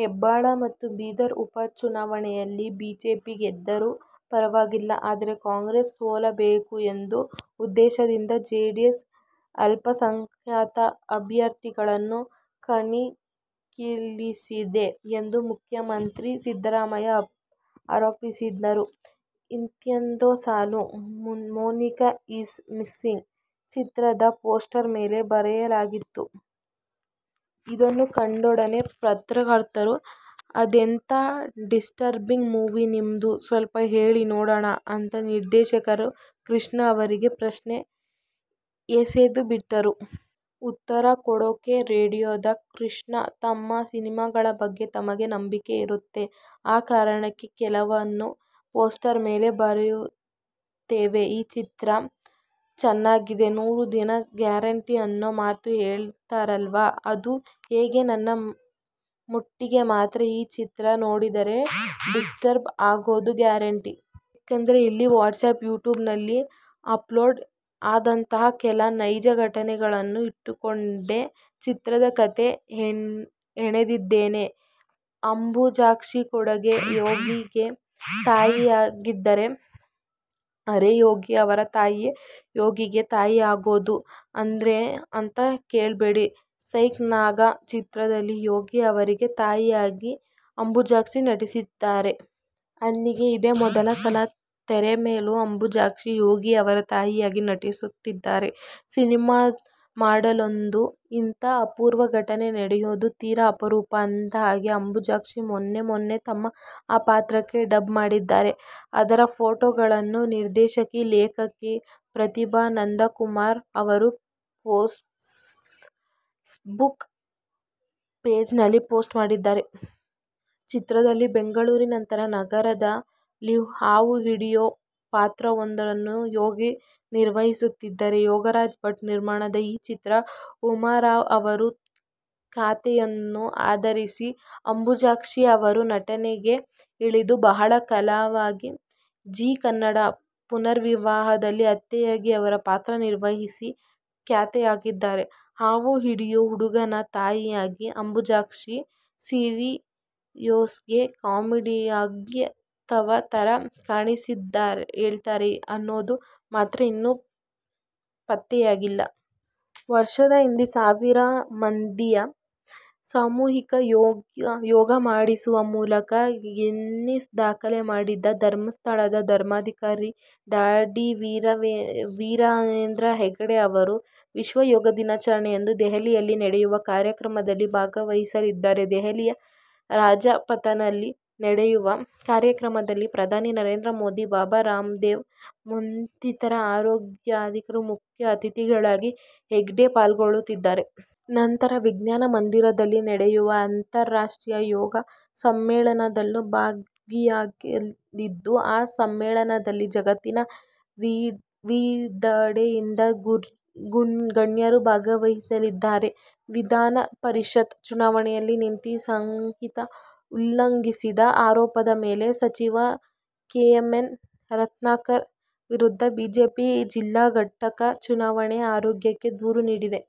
ಹೆಬ್ಟಾಳ ಮತ್ತು ಬೀದರ ಉಪ ಚುನಾವಣೆಯಲ್ಲಿ ಬಿಜೆಪಿ ಗೆದ್ದರೂ ಪರವಾಗಿಲ್ಲ. ಆದರೆ, ಕಾಂಗ್ರೆಸ್ನ್ನು ಸೋಲಿಸಬೇಕು ಎಂಬ ಉದ್ದೇಶದಿಂದ ಜೆಡಿಎಸ್ ಅಲ್ಪಸಂಖ್ಯಾತ ಅಭ್ಯರ್ಥಿಗಳನ್ನು ಕಣಕ್ಕಿಳಿಸಿದೆ ಎಂದು ಮುಖ್ಯಮಂತ್ರಿ ಸಿದ್ದರಾಮಯ್ಯ ಆರೋಪಿಸಿದರು. "ಇಂಥದ್ದೊಂದು ಸಾಲು "ಮೊನಿಕಾ ಈಸ್ ಮಿಸ್ಸಿಂಗ್' ಚಿತ್ರದ ಪೋಸ್ಟರ್ ಮೇಲೆ ಬರೆಯಲಾಗಿತ್ತು. ಅದನ್ನು ಕಂಡೊಡನೆ ಪತ್ರಕರ್ತರು, "ಅದೆಂಥಾ ಡಿಸ್ಟರ್ಬಿಂಗ್ ಮೂವೀ ನಿಮ್ದು, ಸ್ವಲ್ಪ ಹೇಳಿ ನೋಡೋಣ' ಅಂತ ನಿರ್ದೇಶಕ ಕೃಷ್ಣ ಅವರಿಗೆ ಪ್ರಶ್ನೆ ಎಸೆದೇಬಿಟ್ಟರು. ಉತ್ತರ ಕೊಡೋಕೆ ರೆಡಿಯಾದ ಕೃಷ್ಣ, "ತಮ್ಮ ಸಿನಿಮಾಗಳ ಬಗ್ಗೆ ತಮಗೆ ನಂಬಿಕೆ ಇರುತ್ತೆ. ಆ ಕಾರಣಕ್ಕೆ ಕೆಲವನ್ನು ಪೋಸ್ಟರ್ ಮೇಲೆ ಬರೆದಿರುತ್ತೇವೆ. ಚಿತ್ರ ಚೆನ್ನಾಗಿದೆ, ನೂರುದಿನ ಗ್ಯಾರಂಟಿ ಅನ್ನೋ ಮಾತು ಹೇಳ್ತಾರಲ್ವಾ. ಅದು ಹೀಗೆ, ನನ್ನ ಮಟ್ಟಿಗೆ ಮಾತ್ರ ಈ ಚಿತ್ರ ನೋಡಿದರೆ ಡಿಸ್ಟರ್ಬ್ ಆಗೋದು ಗ್ಯಾರಂಟಿ. ಯಾಕೆಂದರೆ, ಇಲ್ಲಿ ವಾಟ್ಸಾಪ್, ಯೂಟ್ಯೂಬ್ನಲ್ಲಿ ಅಪ್ಲೋಡ್ ಆದಂತಹ ಕೆಲ ನೈಜ ಘಟನೆಗಳನ್ನು ಇಟ್ಟುಕೊಂಡೇ ಚಿತ್ರದ ಕಥೆ ಹೆಣೆದಿದ್ದೇನೆ. ಅಂಬುಜಾಕ್ಷಿ ಕಡೆಗೂ "ಯೋಗಿ'ಗೆ ತಾಯಿಯಾಗಿದ್ದಾರೆ! ಅರೆ, ಯೋಗಿ ಅವರ ತಾಯಿಯೇ ಯೋಗಿಗೆ ತಾಯಿ ಆಗೋದು ಅಂದ್ರೇನು ಅಂತ ಕೇಳ್ಬೇಡಿ. "ಸ್ನೇಕ್ ನಾಗ' ಚಿತ್ರದಲ್ಲಿ ಯೋಗಿ ಅವರಿಗೆ ತಾಯಿಯಾಗಿ ಅಂಬುಜಾಕ್ಷಿ ನಟಿಸುತ್ತಿದ್ದಾರೆ. ಅಲ್ಲಿಗೆ ಇದೇ ಮೊದಲ ಸಲ ತೆರೆ ಮೇಲೂ ಅಂಬುಜಾಕ್ಷಿ ಯೋಗಿ ಅವರ ತಾಯಿಯಾಗಿ ನಟಿಸುತ್ತಿದ್ದಾರೆ. ಸಿನಿಮಾದಲ್ಲೊಂದು ಇಂಥ ಅಪೂರ್ವ ಘಟನೆ ನಡೆಯೋದು ತೀರ ಅಪರೂಪ. ಅಂದಹಾಗೆ, ಅಂಬುಜಾಕ್ಷಿ ಮೊನ್ನೆ ಮೊನ್ನೆ ತಮ್ಮ ಆ ಪಾತ್ರಕ್ಕೆ ಡಬ್ ಮಾಡಿದ್ದಾರೆ. ಅದರ ಫೋಟೋಗಳನ್ನು ನಿರ್ದೇಶಕಿ, ಲೇಖಕಿ ಪ್ರತಿಭಾ ನಂದಕುಮಾರ್ ಅವರು ಫೇಸ್ಬುಕ್ ಪೇಜ್ನಲ್ಲಿ ಪೋಸ್ಟ್ ಮಾಡಿದ್ದಾರೆ. ಚಿತ್ರದಲ್ಲಿ ಬೆಂಗಳೂರಿನಂಥ ನಗರದಲ್ಲಿ ಹಾವು ಹಿಡಿಯೋ ಪಾತ್ರವೊಂದನ್ನು ಯೋಗಿ ನಿರ್ವಹಿಸುತ್ತಿದ್ದಾರೆ. ಯೋಗರಾಜ್ ಭಟ್ ನಿರ್ಮಾಣದ ಈ ಚಿತ್ರ ಉಮಾರಾವ್ ಅವರ ಕತೆಯೊಂದನ್ನು ಆಧರಿಸಿದ್ದು. ಅಂಬುಜಾಕ್ಷಿ ಅವರು ನಟನೆಗೆ ಇಳಿದು ಬಹಳ ಕಾಲವಾಗಿದೆ. ಝಿ ಕನ್ನಡದ "ಪುನರ್ವಿವಾಹ'ದಲ್ಲಿ ಅತ್ತೆಯಾಗಿ ಅವರು ಪಾತ್ರ ನಿರ್ವಹಿಸಿ ಖ್ಯಾತರಾಗಿದ್ದಾರೆ. ಹಾವು ಹಿಡಿಯೋ ಹುಡುಗನ ತಾಯಿಯಾಗಿ ಅಂಬುಜಾಕ್ಷಿ ಸೀರಿಯಸ್ಸಾಗೋ, ಕಾಮಿಡಿಯಾಗೋ- ಯಾವ ಥರ ಕಾಣಿಸಿಕೊಳ್ತಾರೆ ಅನ್ನೋದು ಮಾತ್ರ ಇನ್ನೂ ಪತ್ತೆಯಾಗಿಲ್ಲ. ವರ್ಷದ ಹಿಂದೆ ಸಾವಿರ ಮಂದಿಯಿಂದ ಸಾಮೂಹಿಕ ಯೋಗ ಮಾಡಿಸುವ ಮೂಲಕ ಗಿನ್ನೆಸ್ ದಾಖಲೆ ಮಾಡಿದ್ದ ಧರ್ಮಸ್ಥಳದ ಧರ್ಮಾಧಿಕಾರಿ ಡಾ ಡಿ. ವೀರೇಂದ್ರ ಹೆಗ್ಗಡೆ ಅವರು ವಿಶ್ವ ಯೋಗ ದಿನಾಚರಣೆಯಂದು ದೆಹಲಿಯಲ್ಲಿ ನಡೆಯುವ ಕಾರ್ಯಕ್ರಮದಲ್ಲಿ ಭಾಗವಹಿಸಲಿದ್ದಾರೆ. ದೆಹಲಿಯ ರಾಜಪಥ್ನಲ್ಲಿ ನಡೆಯುವ ಕಾರ್ಯಕ್ರಮದಲ್ಲಿ ಪ್ರಧಾನಿ ನರೇಂದ್ರ ಮೋದಿ, ಬಾಬಾ ರಾಮ್ದೇವ್ ಮತ್ತಿತರ ಗಣ್ಯರೊಂದಿಗೆ ಮುಖ್ಯ ಅತಿಥಿಗಳಾಗಿ ಹೆಗ್ಗಡೆ ಪಾಲ್ಗೊಳ್ಳಲಿದ್ದಾರೆ. ನಂತರ ವಿಜ್ಞಾನ ಮಂದಿರದಲ್ಲಿ ನಡೆಯುವ ಅಂತಾರಾಷ್ಟ್ರೀಯ ಯೋಗ ಸಮ್ಮೇಳನದಲ್ಲೂ ಭಾಗಿಯಾಗಲಿದ್ದು, ಆ ಸಮ್ಮೇಳನದಲ್ಲಿ ಜಗತ್ತಿನ ವಿವಿಧೆಡೆಯಿಂದ ಗಣ್ಯರು ಭಾಗವಹಿಸಲಿದ್ದಾರೆ. ವಿಧಾನ ಪರಿಷತ್ ಚುನಾವಣೆ ನೀತಿ ಸಂಹಿತೆ ಉಲ್ಲಂಘಿಸಿದ ಆರೋಪದ ಮೇಲೆ ಸಚಿವ ಕಿಮ್ಮನೆ ರತ್ನಾಕರ್ ವಿರುದ್ಧ ಬಿಜೆಪಿ ಜಿಲ್ಲಾ ಘಟಕ ಚುನಾವಣಾ ಆಯೋಗಕ್ಕೆ ದೂರು ನೀಡಿದೆ.